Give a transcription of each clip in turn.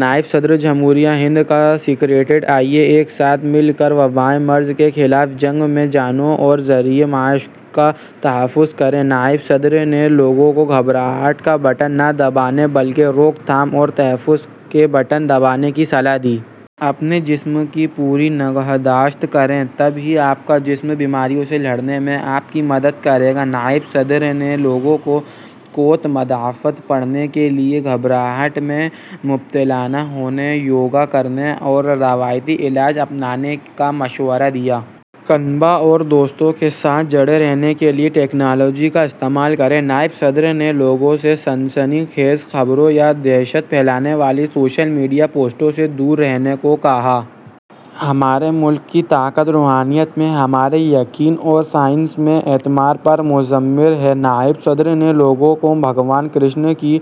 نائب صدر جمہوریہ ہند کا سکریٹریٹ۔ آئیے ایک ساتھ مل کر وبائی مرض کے خلاف جنگ میں جانوں اور ذریعہ معاش کا تحفظ کریں۔ نائب صدر نے لوگوں کو گھبراہٹ کا بٹن نہ دبانے بلکہ روک تھام اور تحفظ کے بٹن دبانے کی صلاح دی۔ اپنے جسم کی پوری نگہداشت کریں، تب ہی آپ کا جسم بیماریوں سے لڑنے میں آپ کی مدد کرے گا۔ نائب صدر نے لوگوں کو قوت مدافعت بڑھانے کے لیے گھبراہٹ میں مبتلا نہ ہونے، یوگا کرنے اور روایتی علاج اپنانے کا مشورہ دیا۔ کنبہ اور دوستوں کے ساتھ جڑے رہنے کے لیے ٹیکنالوجی کا استعمال کریں۔ نائب صدر نے لوگوں سے سنسنی خیز خبروں یا دہشت پھیلانے والی سوشل میڈیا پوسٹوں سے دور رہنے کو کہا۔ ہمارے ملک کی طاقت روحانیت میں ہمارے یقین اور سائنس میں اعتماد پر مضمر ہے۔ نائب صدر نے لوگوں کو بھگوان کرشن کی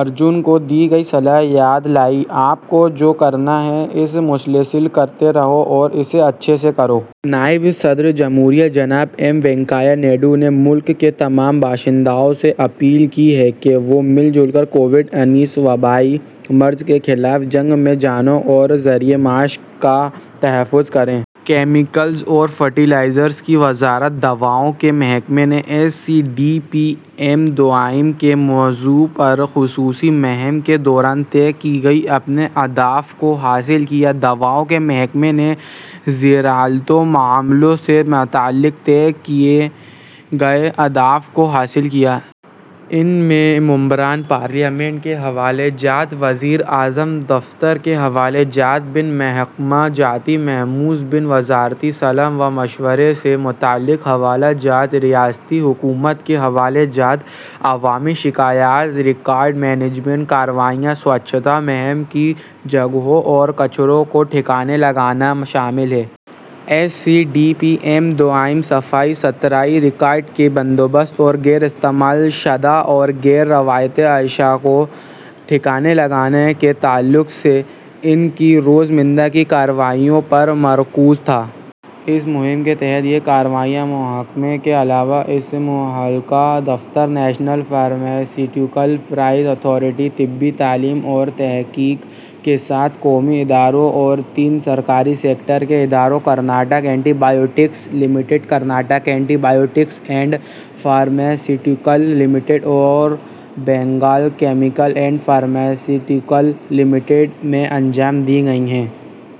ارجن کو دی گئی صلاح یاد دلائی، آپ کو جو کرنا ہے اسے مسلسل کرتے رہو اور اسے اچھے سے کرو۔ نائب صدر جمہوریہ جناب ایم وینکیا نائیڈو نے ملک کے تمام باشندوں سے اپیل کی ہے کہ وہ مل جل کر کووڈ انیس وبائی مرض کے خلاف جنگ میں جانوں اور ذریعہ معاش کا تحفظ کریں۔ کیمیکلز اور فرٹیلائزر کی وزارت، دواؤں کے محکمے نے، S C D P M دوئم کے موضوع پر خصوصی مہم کے دوران طے کیے گئے اپنے اہداف کو حاصل کیا۔ دواؤں کے محکمے نے زیر التوا معاملوں سے متعلق طے کیے گئے اہداف کو حاصل کیا۔ ان میں ممبران پارلیمنٹ کے حوالہ جات، وزیر اعظم کے دفتر کے حوالہ جات، بین محکمہ جاتی میموز، بین وزارتی صلاح و مشورے سے متعلق حوالہ جات، ریاستی حکومت کے حوالہ جات، عوامی شکایات، ریکارڈ مینجمنٹ، کارروائیاں، سووچھتا مہم کی جگہوں اور کچرے کو ٹھکانے لگانا شامل ہے۔ S C D P M دوئم صفائی ستھرائی، ریکارڈ کے بندوبست اور غیر استعمال شدہ اور غیر روایتی اشیا کو ٹھکانے لگانے کے تعلق سے ان کی روز مرہ کی کارروائیوں پر مرکوز تھا۔ اس مہم کے تحت یہ کارروائیاں محکمے کے علاوہ اس سے ملحقہ دفتر، نیشنل فارماسیوٹیکل پرائسنگ اتھارٹی، طبی تعلیم اور تحقیق کے سات قومی اداروں اور تین سرکاری سیکٹر کے اداروں، Hindustan anti biotics limited, Karnataka anti biotics and pharmaceutical limited اور Bengal chemicals and pharmaceutical limited میں انجام دی گئیں۔